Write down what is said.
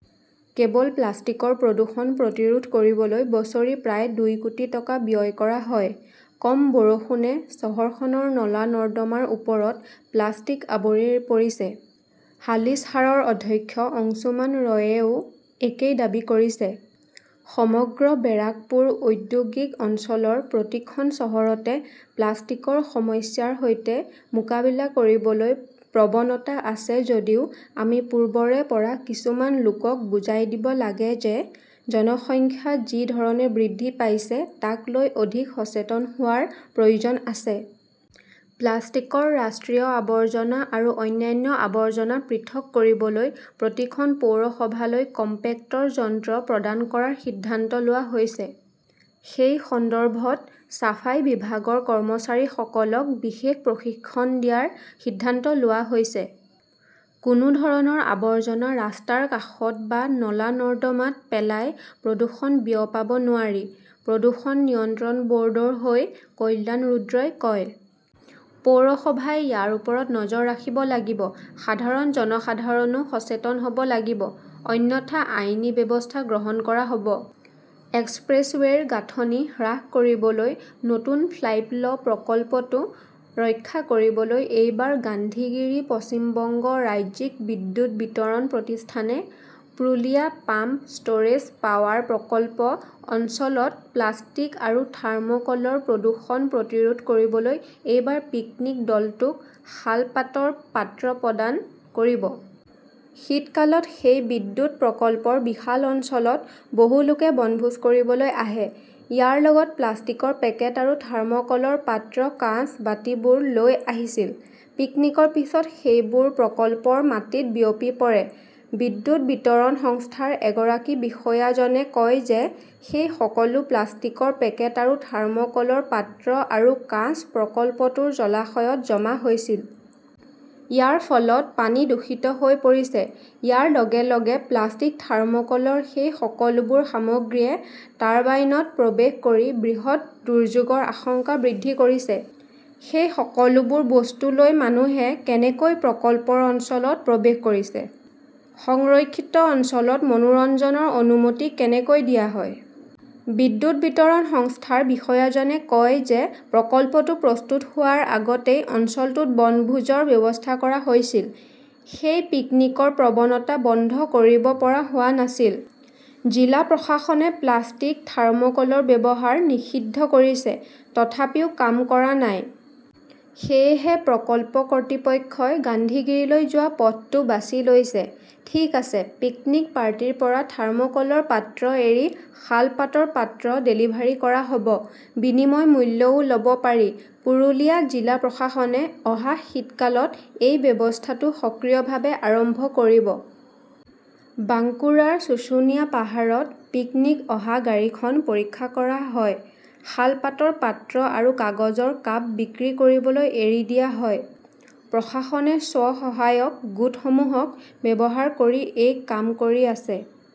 কেৱল প্লাষ্টিকৰ প্ৰদূষণ প্ৰতিৰোধ কৰিবলৈ বছৰি প্ৰায় দুই কোটি টকা ব্যয় কৰা হয়। কম বৰষুণে চহৰখনৰ নলা-নৰ্দমাৰ ওপৰত প্লাষ্টিক আৱৰি পৰিছে। হালিশহাৰৰ অধ্যক্ষ অংশুমান ৰয়েও একেই দাবী কৰিছে। সমগ্ৰ বেৰাকপুৰ ঔদ্যোগিক অঞ্চলৰ প্ৰতিখন চহৰতে প্লাষ্টিকৰ সমস্যাৰ সৈতে মোকাবিলা কৰিবলৈ প্ৰৱণতা আছে যদিও আমি পূৰ্বৰে পৰা কিছুমান লোকক বুজাই দিব লাগে যে, জনসংখ্যা যি ধৰণে বৃদ্ধি পাইছে তাক লৈ অধিক সচেতন হোৱাৰ প্ৰয়োজন আছে। প্লাষ্টিকৰ ৰাষ্ট্ৰীয় আৱৰ্জনা আৰু অন্যান্য আৱৰ্জনা পৃথক কৰিবলৈ প্ৰতিখন পৌৰসভালৈ কম্পেক্টৰ যন্ত্ৰ প্ৰদান কৰাৰ সিদ্ধান্ত লোৱা হৈছে। সেই সন্দৰ্ভত ছাফাই বিভাগৰ কৰ্মচাৰীসকলক বিশেষ প্ৰশিক্ষণ দিয়াৰ সিদ্ধান্ত লোৱা হৈছে। কোনো ধৰণৰ আৱৰ্জনা ৰাস্তাৰ কাষত বা নলা-নৰ্দমাত পেলাই প্ৰদূষণ বিয়পাব নোৱাৰি, প্ৰদূষণ নিয়ন্ত্ৰণ বৰ্ডৰ হৈ কল্যাণ ৰুদ্ৰই কয়। পৌৰসভাই ইয়াৰ ওপৰত নজৰ ৰাখিব লাগিব। সাধাৰণ জনসাধাৰণো সচেতন হব লাগিব। অন্যথা আইনী ব্যৱস্থা গ্ৰহণ কৰা হব। এক্সপ্ৰেছৱে 'ৰ গাঁথনি হ্ৰাস কৰিবলৈ নতুন ফ্লাইপ' ল প্ৰকল্পটো ৰক্ষা কৰিবলৈ এইবাৰ গান্ধীগিৰি পশ্চিম বংগ ৰাজ্যিক বিদ্যুৎ বিতৰণ প্ৰতিষ্ঠানে প্ৰুলিয়া পাম্প ষ্টোৰেজ পাৱাৰ প্ৰকল্প অঞ্চলত প্লাষ্টিক আৰু থাৰ্ম কলৰ প্ৰদূষণ প্ৰতিৰোধ কৰিবলৈ এইবাৰ পিকনিক দলটোক শালপাতৰ পাত্ৰ প্ৰদান কৰিব। শীতকালত সেই বিদ্যুৎ প্ৰকল্পৰ বিশাল অঞ্চলত বহু লোকে বনভোজ কৰিবলৈ আহে। ইয়াৰ লগত প্লাষ্টিকৰ পেকেট আৰু থাৰ্ম কলৰ পাত্ৰ-কাঁচ, বাটিবোৰ লৈ আহিছিল। পিকনিকৰ পিছত সেইবোৰ প্ৰকল্পৰ মাটিত বিয়পি পৰে। বিদ্যুৎ বিতৰণ সংস্থাৰ এগৰাকী বিষয়াজনে কয় যে সেই সকলো প্লাষ্টিকৰ পেকেট আৰু থাৰ্ম কলৰ পাত্ৰ আৰু কাঁচ প্ৰকল্পটোৰ জলাশয়ত জমা হৈছিল। ইয়াৰ ফলত পানী দূষিত হৈ পৰিছে। ইয়াৰ লগে লগে প্লাষ্টিক থাৰ্মকলৰ সেই সকলোবোৰ সামগ্ৰীয়ে টাৰ্বাইনত প্ৰৱেশ কৰি বৃহৎ দুৰ্যোগৰ আশংকা বৃদ্ধি কৰিছে। সেই সকলোবোৰ বস্তু লৈ মানুহে কেনেকৈ প্ৰকল্পৰ অঞ্চলত প্ৰৱেশ কৰিছে? সংৰক্ষিত অঞ্চলত মনোৰঞ্জনৰ অনুমতি কেনেকৈ দিয়া হয়? বিদ্যুৎ বিতৰণ সংস্থাৰ বিষয়াজনে কয় যে, প্ৰকল্পটো প্ৰস্তুত হোৱাৰ আগতেই অঞ্চলটোত বনভোজৰ ব্যৱস্থা কৰা হৈছিল। সেই পিকনিকৰ প্ৰৱণতা বন্ধ কৰিব পৰা হোৱা নাছিল। জিলা প্ৰশাসনে প্লাষ্টিক, থাৰ্মকলৰ ব্যৱহাৰ নিষিদ্ধ কৰিছে। তথাপিও কাম কৰা নাই। সেয়েহে প্ৰকল্প কৰ্তৃপক্ষই গান্ধীগিৰীলৈ যোৱা পথটো বাছি লৈছে। ঠিক আছে, পিকনিক পাৰ্টিৰ পৰা থাৰ্মোকলৰ পাত্ৰ এৰি শালপাতৰ পাত্ৰ ডেলিভাৰী কৰা হ 'ব। বিনিময় মূল্যও লব পাৰি। পুৰুলিয়া জিলা প্ৰশাসনে অহা শীতকালত এই ব্যৱস্থাটো সক্ৰিয়ভাৱে আৰম্ভ কৰিব। বাঙ্কুৰাৰ শুশুনিয়া পাহাৰত পিকনীক অহা গাড়ীখন পৰীক্ষা কৰা হয়। শালপাতৰ পাত্ৰ আৰু কাগজৰ কাপ বিক্ৰী কৰিবলৈ এৰি দিয়া হয়। প্ৰশাসনে স্ব-সহায়ক গোটসমূহক ব্যৱহাৰ কৰি এই কাম কৰি আছে।